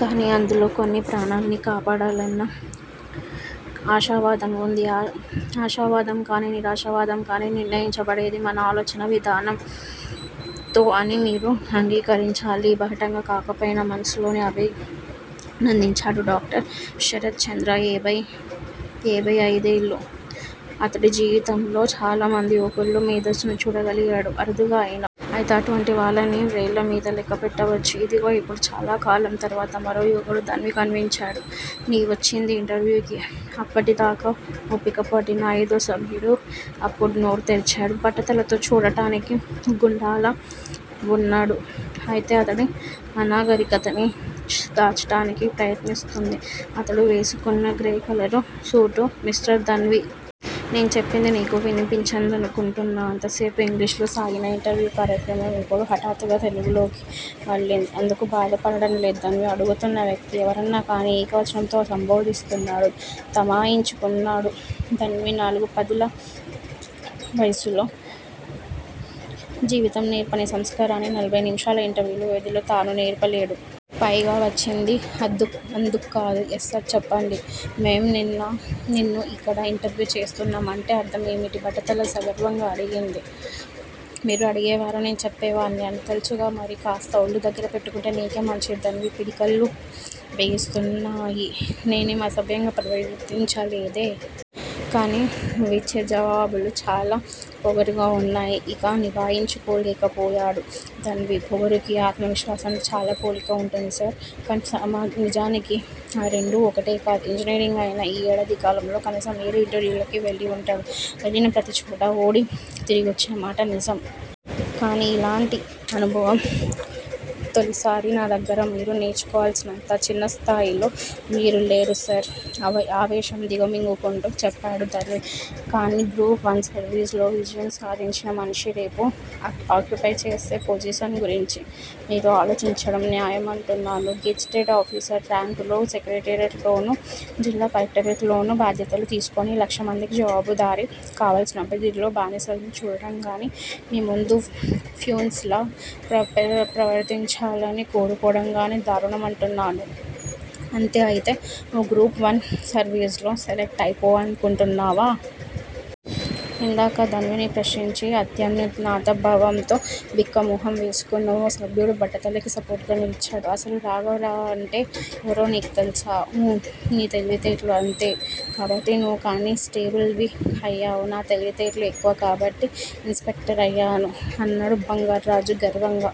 కానీ అందులో కొన్ని ప్రాణాల్ని కాపాడాలన్న ఆశావాదం వుంది ఆశావాదం కానీ నిరాశావాదం కానీ నిర్ణయించబడేది మన ఆలోచనా విధానంతో అని మీరు అంగికరించాలి. బహాటంగా కాకపోయినా మనసులోనే అభినందించాడు డాక్టర్ శరత్ చంద్ర ఏభై అయిదేళ్ళు అతడి జీవితంలో చాలా మంది యువకుల్లో మేధస్సుని చూడగలిగాడు అరుదుగా అయినా. అయితే అటువంటి వాళ్ళని వ్రేళ్ళ మీద లెక్కపెట్టవచ్చు ఇదిగో యిప్పుడు చాలా కాలం తర్వాత మరో యువకుడు ధన్వి కనిపించాడు. నీవొచ్చింది ఇంటర్వ్యూ కి అప్పటి దాకా ఓపికపట్టిన అయిదో సభ్యుడు అప్పుడు నోరు తెరిచాడు బట్టతలతో చూడటానికి గుండాలా వున్నాడు. అయితే అతడి అనాగరికతని దాచటానికి ప్రయత్నిస్తుంది ఆతడు వేసుకున్న grey colour suit mister Dhanvi. నేను చెప్పింది నీకు వినిపించిందనుకుంటను. అంతసేపు ఇంగ్లీషులో సాగిన ఇంటర్వ్యూ కార్యక్రమం యిప్పుడు హటాత్తుగా తెలుగులోకి మళ్ళింది. అందుకు బాధపడలేదు ధన్వి. అడుగుతున్న వ్యక్తీ ఎవరన్నా కానీ ఏకవచనంతో సంభోదిస్తున్నాడు. తమాయించుకున్నాడు ధన్వి. నాలుగు పదుల వయసులో, జీవితం నేర్పని సంస్కారాన్ని నలబై నిమిషాల ఇంటర్వ్యూ వ్యవధిలో తాను నేర్పలేడు. పైగా వచ్చింది అందుక్కాదు. యస్సర్, చెప్పండి మేం నిన్ను యిక్కడ యింటర్వ్యు చేస్తున్నాం అంటే అర్ధం ఏమిటి? బట్టతల సగర్వంగా అడిగింది. మీరు అడిగేవారు, నేను చెప్పేవాడ్ని అని. తెలుసుగా మరి కాస్త ఒళ్ళు దగ్గర పెట్టుకుంటే నీకే మంచిది ధన్వి పిడికిళ్ళు బిగిస్తూకున్నాయి. నేనేం అసభ్యంగా ప్రవర్తించలేదే! కానీ నువ్విచ్చే జవాబులు చాలా పొగరుగా వున్నాయి. ఇక నిభాయించుకోలేకపోయాడు ధన్వి. పొగరుకి, ఆత్మ విశ్వాసానికి చాలా పోలిక వుంటుంది సర్. కానీ నిజానికి ఆ రెండు ఒకటే కాదు ఇంజనీరింగ్ అయిన యీ ఏడాదికాలంలో కనీసం ఏడు ఇంటర్వ్యూలకి వెళ్ళి వుంటాడు. వెళ్ళిన ప్రతిచోట ఓడి తిరిగొచ్చిన మాట నిజం. కాని యిలాంటి అనుభవం తొలిసారి. నా దగ్గర మీరు నేర్చుకోవాల్సినంత చిన్నస్థాయిలో మీరు లేరు సర్ ఆవేశం దిగమింగుకుంటూ చెప్పాడు ధన్వి. కానీ గ్రూప్ వన్ సర్విస్ లో విజయం సాధించిన మనిషి రేపు అక్యుపై చేసే పొజిషన్ గురించి మీరు ఆలోచించడం న్యాయమంటున్నాను గెజిటెడ్ ఆఫీసర్ ర్యాంక్ లో సెక్రటేరియట్ లోనో, జిల్లా కలెక్టరేట్ లోనో బాధ్యతలు తీసుకుని లక్షమందికి జవాబుదారి కావలసిన అభ్యర్ధిల్లో బానిసల్ని చూడడంగానీ, మీ ముందు ఫ్యున్స్ లా ప్రవర్తించలని కోరుకోవడంగానీ దారుణమంటున్నాను అంతే అయితే నువ్వు గ్రూప్ వన్ సర్వీసులో సెలెక్ట్ అయిపోయావనుకుంటున్నావా? ఇందాక ధన్విని ప్రశ్నించి ఆత్మన్యూనతా భావంతో బిక్కమొహం వేసుకున్న ఓ సభ్యుడు బట్టతలకి సపోర్టుగా నిలిచాడు అసలు రాఘవరావంటే ఎవరో నీకు తెలుసా? ఊ ని తెలివితేట్లు అంతే కాబట్టి నువ్వు కాని స్టేబుల్ వి అయ్యావ్. నా తెలివితేట్లు ఎక్కువ కాబట్టి ఇన్ స్పెక్టర్ ని అయ్యాను అన్నాడు బంగార్రాజు గర్వంగా.